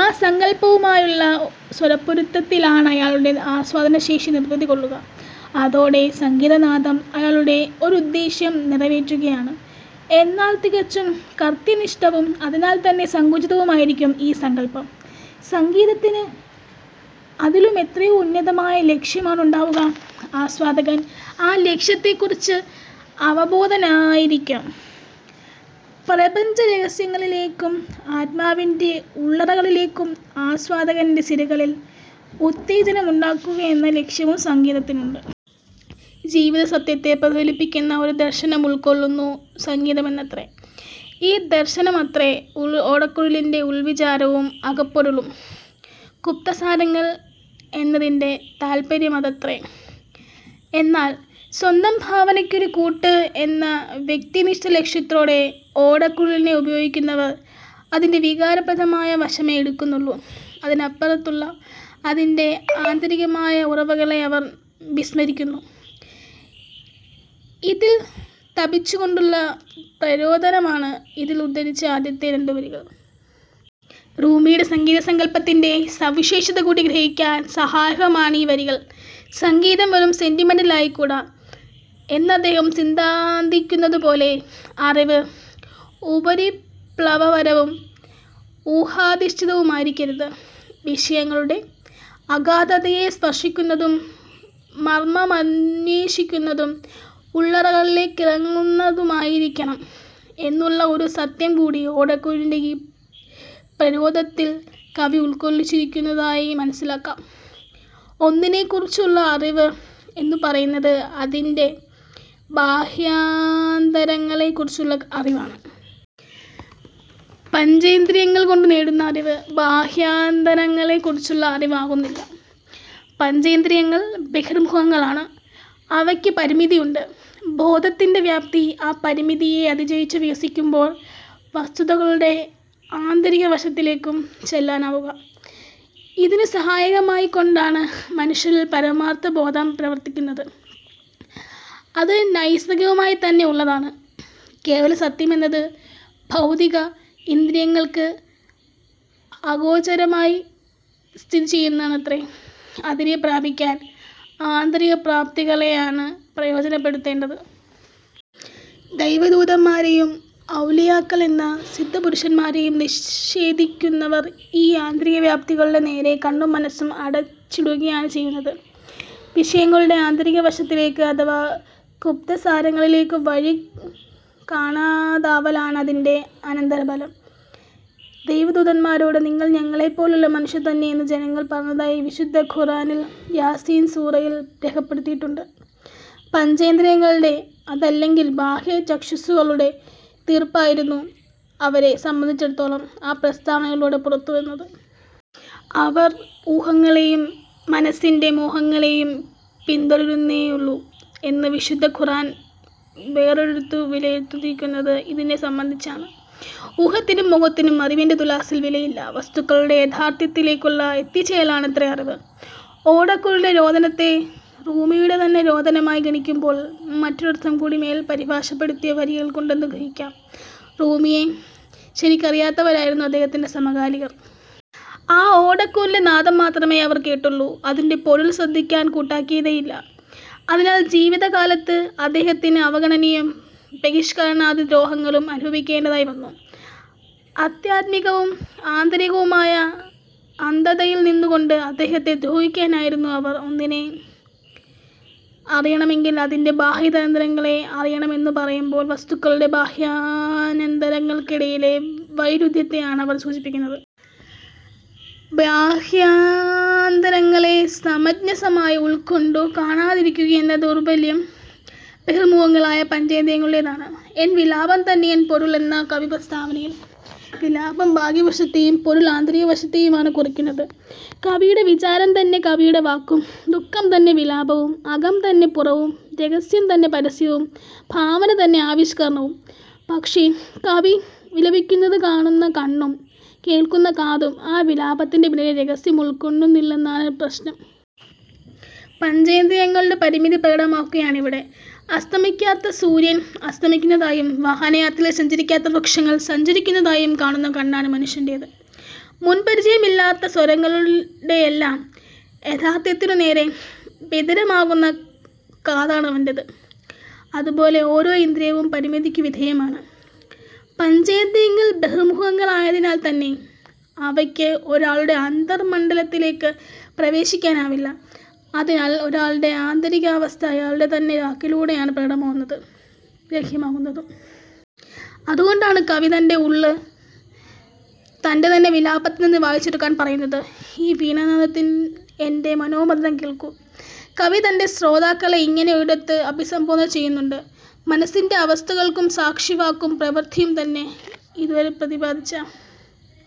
ആ സങ്കല്പവുമായുള്ള സ്വരപ്പൊരുത്തത്തിലാണയാളുടെ ആസ്വാദനശേഷി നിർവൃതികൊള്ളുക. അതോടെ സംഗീതനാദം അയാളുടെ ഒരുദ്ദേശ്യം നിറവേറ്റുകയാണ്. എന്നാൽ തികച്ചും കർത്തൃനിഷ്ഠവും അതിനാൽത്തന്നെ സങ്കുചിതവുമായിരിക്കും ഈ സങ്കല്പം. സംഗീതത്തിന് അതിലുമെത്രയോ ഉന്നതമായ ലക്ഷ്യമാണുണ്ടാവുക. ആസ്വാദകൻ ആ ലക്ഷ്യത്തെക്കുറിച്ച് അബോധവാനായിരിക്കാം. പ്രപഞ്ചരഹസ്യങ്ങളിലേക്കും ആത്മാവിന്റെ ഉള്ളറകളിലേക്കും ആസ്വാദകന്റെ സിരകളിൽ ഉത്തേജനമുണ്ടാക്കുകയെന്ന ലക്ഷ്യവും സംഗീതത്തിനുണ്ട്. ജീവിതസത്യത്തെ പ്രതിഫലിപ്പിക്കുന്ന ഒരു ദർശനമുൾക്കൊള്ളുന്നു സംഗീതമെന്നർഥം. ഈ ദർശനമത്രേ ഓടക്കുഴലിന്റെ ഉൾവിചാരവും അകപ്പൊരുളും. 'ഗുപ്തസാരങ്ങൾ'എന്നതിന്റെ താത്പര്യമതത്രേ. എന്നാൽ സ്വന്തം ഭാവനയ്ക്കൊരു കൂട്ട് എന്ന വ്യക്തിനിഷ്ഠ ലക്ഷ്യത്തോടെ ഓടക്കുഴലിനെ ഉപയോഗിക്കുന്നവർ അതിന്റെ വികാരപ്രധാനമായ വശമേ എടുക്കുന്നുള്ളൂ. അതിനപ്പുറത്തുള്ള അതിന്റെ ആന്തരികമായ ഉറവകളെ അവർ വിസ്മരിക്കുന്നു. ഇതിൽ തപിച്ചുകൊണ്ടുള്ള പ്രരോദനമാണ് ഇവിടെ ഉദ്ധരിച്ച ആദ്യത്തെ രണ്ടുവരികൾ. റൂമിയുടെ സംഗീതസങ്കല്പത്തിന്റെ സവിശേഷതകൂടി ഗ്രഹിക്കാൻ സഹായകമാണ് ഈ വരികൾ; സംഗീതം വെറും 'സെന്റിമെന്റൽ'ആയിക്കൂടാ എന്നദ്ദേഹം സിദ്ധാന്തിക്കുന്നതുപോലെ. അറിവ് ഉപരിപ്ലവപരവും ഊഹാധിഷ്ഠിതവുമായിരിക്കരുത്, വിഷയങ്ങളുടെ അഗാധതയെ സ്പർശിക്കുന്നതും മർമമന്വേഷിക്കുന്നതും ഉള്ളറകളിലേക്കിറങ്ങുന്നതുമായിരിക്കണം എന്നുള്ള ഒരു സത്യംകൂടി ഓടക്കുഴലിന്റെ ഈ പ്രരോദനത്തിൽ കവി ഉൾക്കൊള്ളിച്ചിരിക്കുന്നതായി മനസ്സിലാക്കാം. ഒന്നിനെക്കുറിച്ചുള്ള അറിവ് എന്ന് പറയുന്നത് അതിന്റെ ബാഹ്യാന്തരങ്ങളെക്കുറിച്ചുള്ള അറിവാണ്. പഞ്ചേന്ദ്രിയങ്ങൾകൊണ്ട് നേടുന്ന അറിവ് ബാഹ്യാന്തരങ്ങളെക്കുറിച്ചുള്ള അറിവാകുന്നില്ല. പഞ്ചേന്ദ്രിയങ്ങൾ ബഹിർമുഖങ്ങളാണ്. അവയ്ക്ക് പരിമിതിയുണ്ട്. ബോധത്തിന്റെ വ്യാപ്തി ആ പരിമിതിയെ അതിജയിച്ചു വികസിക്കുമ്പോഴാണ് വസ്തുതകളുടെ ആന്തരികവശത്തിലേക്കു ചെല്ലാനാവുക. ഇതിനു സഹായകമായിക്കൊണ്ടാണ് മനുഷ്യനിൽ പരമാർഥബോധം പ്രവർത്തിക്കുന്നത്. അത് നൈസർഗികമായിത്തന്നെ ഉള്ളതാണ്. കേവലസത്യമെന്നത് ഭൗതിക ഇന്ദ്രിയങ്ങൾക്ക് അഗോചരമായി സ്ഥിതിചെയ്യുന്നതത്രേ. അതിനെ പ്രാപിക്കാൻ ആന്തരികപ്രാപ്തികളെയാണു പ്രയോജനപ്പെടുത്തേണ്ടത്. ദൈവദൂതന്മാരെയും 'ഔലിയാക്കൾ'എന്ന സിദ്ധപുരുഷന്മാരെയും നിഷേധിക്കുന്നവർ ഈ ആന്തരികവ്യാപ്തികളുടെ നേരെ കണ്ണും മനസ്സും അടച്ചിടുകയാണ് ചെയ്യുന്നത്. വിഷയങ്ങളുടെ ആന്തരികവശങ്ങളിലേക്ക് അഥവാ ഗുപ്തസാരങ്ങളിലേക്കു വഴി കാണാതാവലാണ് അതിന്റെ അനന്തരഫലം. ദൈവദൂതന്മാരോട് 'നിങ്ങൾ ഞങ്ങളെപ്പോലുള്ള മനുഷ്യർതന്നെ'എന്ന് ജനങ്ങൾ പറഞ്ഞതായി വിശുദ്ധ ഖുർആനിൽ യാസീൻ സൂറയിൽ രേഖപ്പെടുത്തിയിട്ടുണ്ട്. പഞ്ചേന്ദ്രിയങ്ങളുടെ അതല്ലെങ്കിൽ ബാഹ്യചക്ഷുസ്സുകളുടെ തീർപ്പായിരുന്നു അവരെ സംബന്ധിച്ചിടത്തോളം ആ പ്രസ്താവനയിലൂടെ പുറത്തുവന്നത്. 'അവർ ഊഹങ്ങളെയും മനസ്സിന്റെ മോഹങ്ങളെയും പിന്തുടരുന്നേയുള്ളൂ'വെന്ന് വിശുദ്ധ ഖുർആൻ വേറൊരിടത്തു വിലയിരുത്തിയിരിക്കുന്നത് ഇതിനെ സംബന്ധിച്ചാണ്. ഊഹത്തിനും മോഹത്തിനും അറിവിന്റെ തുലാസിൽ വിലയില്ല. വസ്തുക്കളുടെ യാഥാർഥ്യത്തിലേക്കുള്ള എത്തിച്ചേരലാണത്രേ അറിവ്. ഓടക്കുഴലിന്റെ രോദനത്തെ റൂമിയുടെതന്നെ രോദനമായി ഗണിക്കുമ്പോൾ മറ്റൊരർഥംകൂടി മേൽ പരിഭാഷപ്പെടുത്തിയ വരികൾക്കുണ്ടെന്നു ഗ്രഹിക്കാം. റൂമിയെ ശരിക്കറിയാത്തവരായിരുന്നു അദ്ദേഹത്തിന്റെ സമകാലികർ. ആ ഓടക്കുഴലിന്റെ നാദം മാത്രമേ അവർ കേട്ടുള്ളൂ, അതിന്റെ പൊരുൾ ശ്രദ്ധിക്കാൻ കൂട്ടാക്കിയതേയില്ല. അതിനാൽ ജീവിതകാലത്ത് അദ്ദേഹത്തിന് അവഗണനയും ബഹിഷ്കരണാദി ദ്രോഹങ്ങളും അനുഭവിക്കേണ്ടതായും വന്നു. ആധ്യാത്മികവും ആന്തരികവുമായ അന്ധതയിൽനിന്നുകൊണ്ട് അദ്ദേഹത്തെ ദ്രോഹിക്കുകയായിരുന്നു അവർ. ഒന്നിനെ അറിയണമെങ്കിൽ അതിന്റെ ബാഹ്യാന്തരങ്ങളെ അറിയണമെന്നു പറയുമ്പോൾ വസ്തുക്കളുടെ ബാഹ്യാന്തരങ്ങൾക്കിടയിലെ വൈരുധ്യത്തെയല്ല അതു സൂചിപ്പിക്കുന്നത്. ബാഹ്യാന്തരങ്ങളെ സമഞ്ജസമായി ഉൾക്കൊണ്ടു കാണാതിരിക്കുകയെന്ന ദൗർബല്യം ബഹിർമുഖങ്ങളായ പഞ്ചേന്ദ്രിയങ്ങളുടേതാണ്. 'എൻ വിലാപം തന്നെയെൻ പൊരുളു'മെന്ന കവിപ്രസ്താവത്തിലെ 'വിലാപം'ബാഹ്യവശത്തെയും 'പൊരുൾ'ആന്തരികവശത്തെയുമാണ് കുറിക്കുന്നത്. കവിയുടെ വിചാരംതന്നെ കവിയുടെ വാക്കും, ദുഃഖം തന്നെ വിലാപവും, അകം തന്നെ പുറവും, രഹസ്യംതന്നെ പരസ്യവും, ഭാവനതന്നെ ആവിഷ്കരണവും. പക്ഷേ, കവി വിലപിക്കുന്നതു കാണുന്ന കണ്ണും കേൾക്കുന്ന കാതും ആ വിലാപത്തിന്റെ പിന്നിലെ രഹസ്യം ഉൾക്കൊള്ളുന്നില്ലെന്നതാണ് പ്രശ്നം. പഞ്ചേന്ദ്രിയങ്ങളുടെ പരിമിതി പ്രകടമാവുകയാണിവിടെ. അസ്തമിക്കാത്ത സൂര്യൻ അസ്തമിക്കുന്നതായും വാഹനയാത്രയിൽ സഞ്ചരിക്കാത്ത വൃക്ഷങ്ങൾ സഞ്ചരിക്കുന്നതായും കാണുന്ന കണ്ണാണ് മനുഷ്യന്റെത്. മുൻ പരിചയമില്ലാത്ത സ്വരങ്ങളുടെയെല്ലാം യാഥാർഥ്യത്തിനുനേരേ ബധിരമാകുന്ന കാതാണവന്റെത്. അതുപോലെ ഓരോ ഇന്ദ്രിയവും പരിമിതിക്കു വിധേയമാണ്. പഞ്ചേന്ദ്രിയങ്ങൾ ബഹിർമുഖങ്ങളായതിനാൽത്തന്നെ അവയ്ക്ക് ഒരാളുടെ അന്തർമണ്ഡലത്തിലേക്ക് പ്രവേശിക്കാനാവില്ല. അതിനാൽ ഒരാളുടെ ആന്തരികാവസ്ഥ അയാളുടെ തന്നെ വാക്കിലൂടെയാണ് പ്രകടമാകുന്നതും ഗ്രാഹ്യമാകുന്നതും. അതുകൊണ്ടാണ് കവി തന്റെ ഉള്ള് തന്റെ തന്നെ വിലാപത്തിൽനിന്ന് വായിച്ചെടുക്കാൻ പറയുന്നത്. 'ഈ വീണാനാദത്തിൽ എന്റെ മനോമന്ത്രം കേൾക്കൂ,'കവി തന്റെ ശ്രോതാക്കളെ ഇങ്ങനെ ഒരിടത്ത് അഭിസംബോധന ചെയ്യുന്നുണ്ട്. മനസ്സിന്റെ അവസ്ഥകൾക്കു സാക്ഷി വാക്കും പ്രവൃത്തിയും തന്നെ. ഇതുവരെ പ്രതിപാദിച്ച